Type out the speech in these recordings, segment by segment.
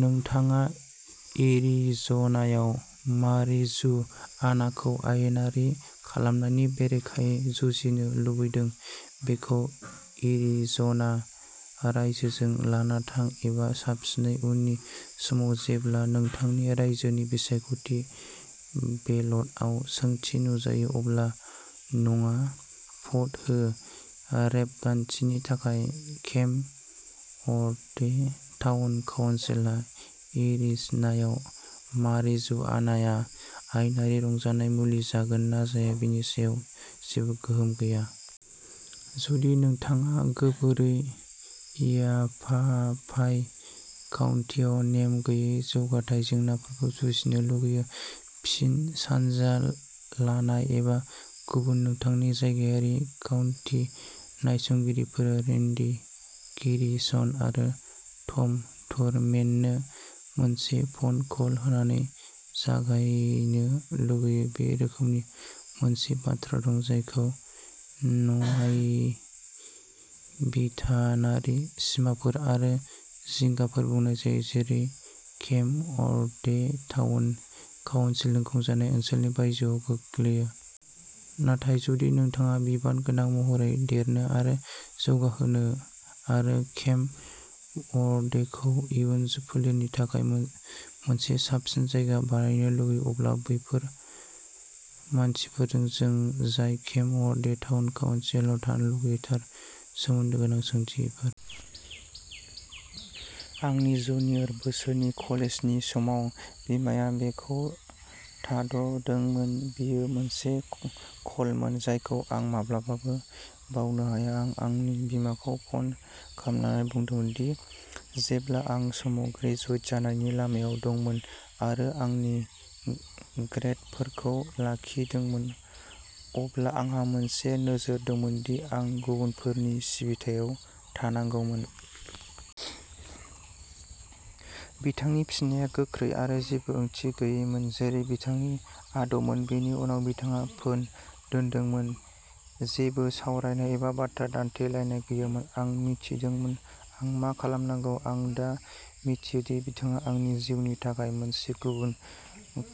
नोंथाङा एरिज'नायाव मारिजुआनाखौ आयेनारि खालामनायनि बेरेखायै जुजिनो लुबैदों, बेखौ एरिज'ना रायजोजों लाना थां, एबा साबसिनै, उननि समाव जेब्ला नोंथांनि रायजोनि बिसायख'थि बेलटआव सोंथि नुजायो, अब्ला "नङा" भ'ट हो। रेबगान्थिनि थाखाय, केम्प वर्दे टाउन काउन्सिलहा एरिज'नायाव मारिजुआनाआ आयेनारि रंजानाय मुलि जागोन ना जाया बेनि सायाव जेबो गोहोम गैया। जुदि नोंथाङा गोरोबै याभापाइ काउन्टिआव नेम गैयै जौगाथाय जेंनाफोरखौ जुजिनो लुगैयो-फिन, सानना लानाय एबा गुबुन-नोंथांनि जायगायारि काउन्टि नायसंगिरिफोर रेन्डी गेरिसन आरो टम थुरमेननो मोनसे फ'न कल होनानै जागायनो लुगैयो। बे रोखोमनि मोनसे बाथ्रा दं जायखौ न्यायबिधानारि सिमाफोर आरो जिंगाफोर बुंनाय जायो, जेरै बे केम्प वर्दे टाउन काउन्सिलजों खुंजानाय ओनसोलनि बायजोआव गोग्लैयो। नाथाय, जुदि नोंथाङा बिबानगोनां महरै देरनो आरो जौगाहोनो आरो केम्प वर्देखौ इयुन फोलेरनि थाखाय मोनसे साबसिन जायगा बानायनो लुगैयो, अब्ला बैसोर मानसिफोरखौ सों जाय केम्प वर्दे टाउन काउन्सिलाव थानो लुगैयो, थार सोमोन्दो गोनां सोंथिफोर। आंनि जुनियर बोसोरनि कलेजनि समाव बिमाया बेखौ थाद'दोंमोन। बेयो मोनसे कलमोन जायखौ आं माब्लाबाबो बावनो हाया। आं आंनि बिमाखौ फन खालामनानै बुंदोंमोन दि जेब्ला आं समाव ग्रेजुवेट जानायनि लामायाव दंमोन आरो आंनि ग्रेदफोरखौ लाखिदोंमोन, अब्ला आंहा मोनसे नोजोर दंमोन दि आं गुबुनफोरनि सिबिथायाव थानांगौमोन। बिथांनि फिननाया गोख्रै आरो जेबो ओंथि गैयैमोन, जेरै बिथांनि आदबमोन। बेनि उनाव, बिथाङा फोन दोनदोंमोन। जेबो सावरायनाय एबा बाथ्रा दान्थेलायनाय गैयामोन। आं मिथिदोंमोन आं मा खालामनांगौ। आं दा मिन्थियो दि बिथाङा आंनि जिउनि थाखाय मोनसे गुबुन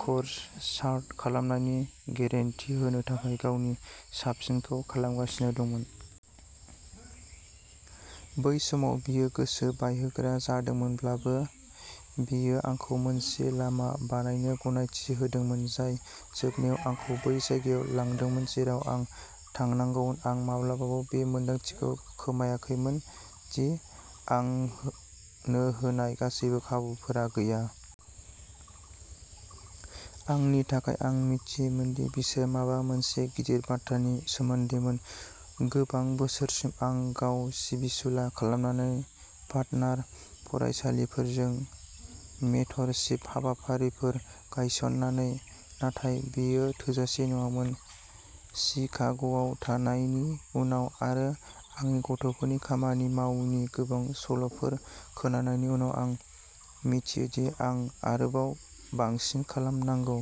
कर्स चार्ट खालामनायनि गेरेन्टि होनो थाखाय गावनि साबसिनखौ खालामगासिनो दंमोन। बै समाव बेयो गोसो बायहोग्रा जादोंमोनब्लाबो, बेयो आंखौ मोनसे लामा बानायनो गनायथि होदोंमोन जाय जोबनायाव आंखौ बै जायगायाव लांदोंमोन जेराव आं थानांगौमोन। आं माब्लाबाबो बे मोन्दांथिखौ खोमाखैमोन दि आंनो होनाय गासैबो खाबुफोरा गैया। आंनि थाखाय। आं मिथियोमोन दि बिसोर माबा मोनसे गिदिर बाथ्रानि सोमोन्दैमोन। गोबां बोसोरसिम आं गाव सिबिसुला खालामनानै, पार्टनार फरायसालिफोरजों मेंटरशिप हाबाफारिफोर गायस'ननानै, नाथाय बेयो थोजासे नङामोन। शिकाग'आव थानायनि उनाव आरो आंनि गथ'फोरनि खामानि मावैनि गोबां सल'फोर खोनानायनि उनाव, आं मिन्थियो दि आं आरोबाव बांसिन खालामनांगौ।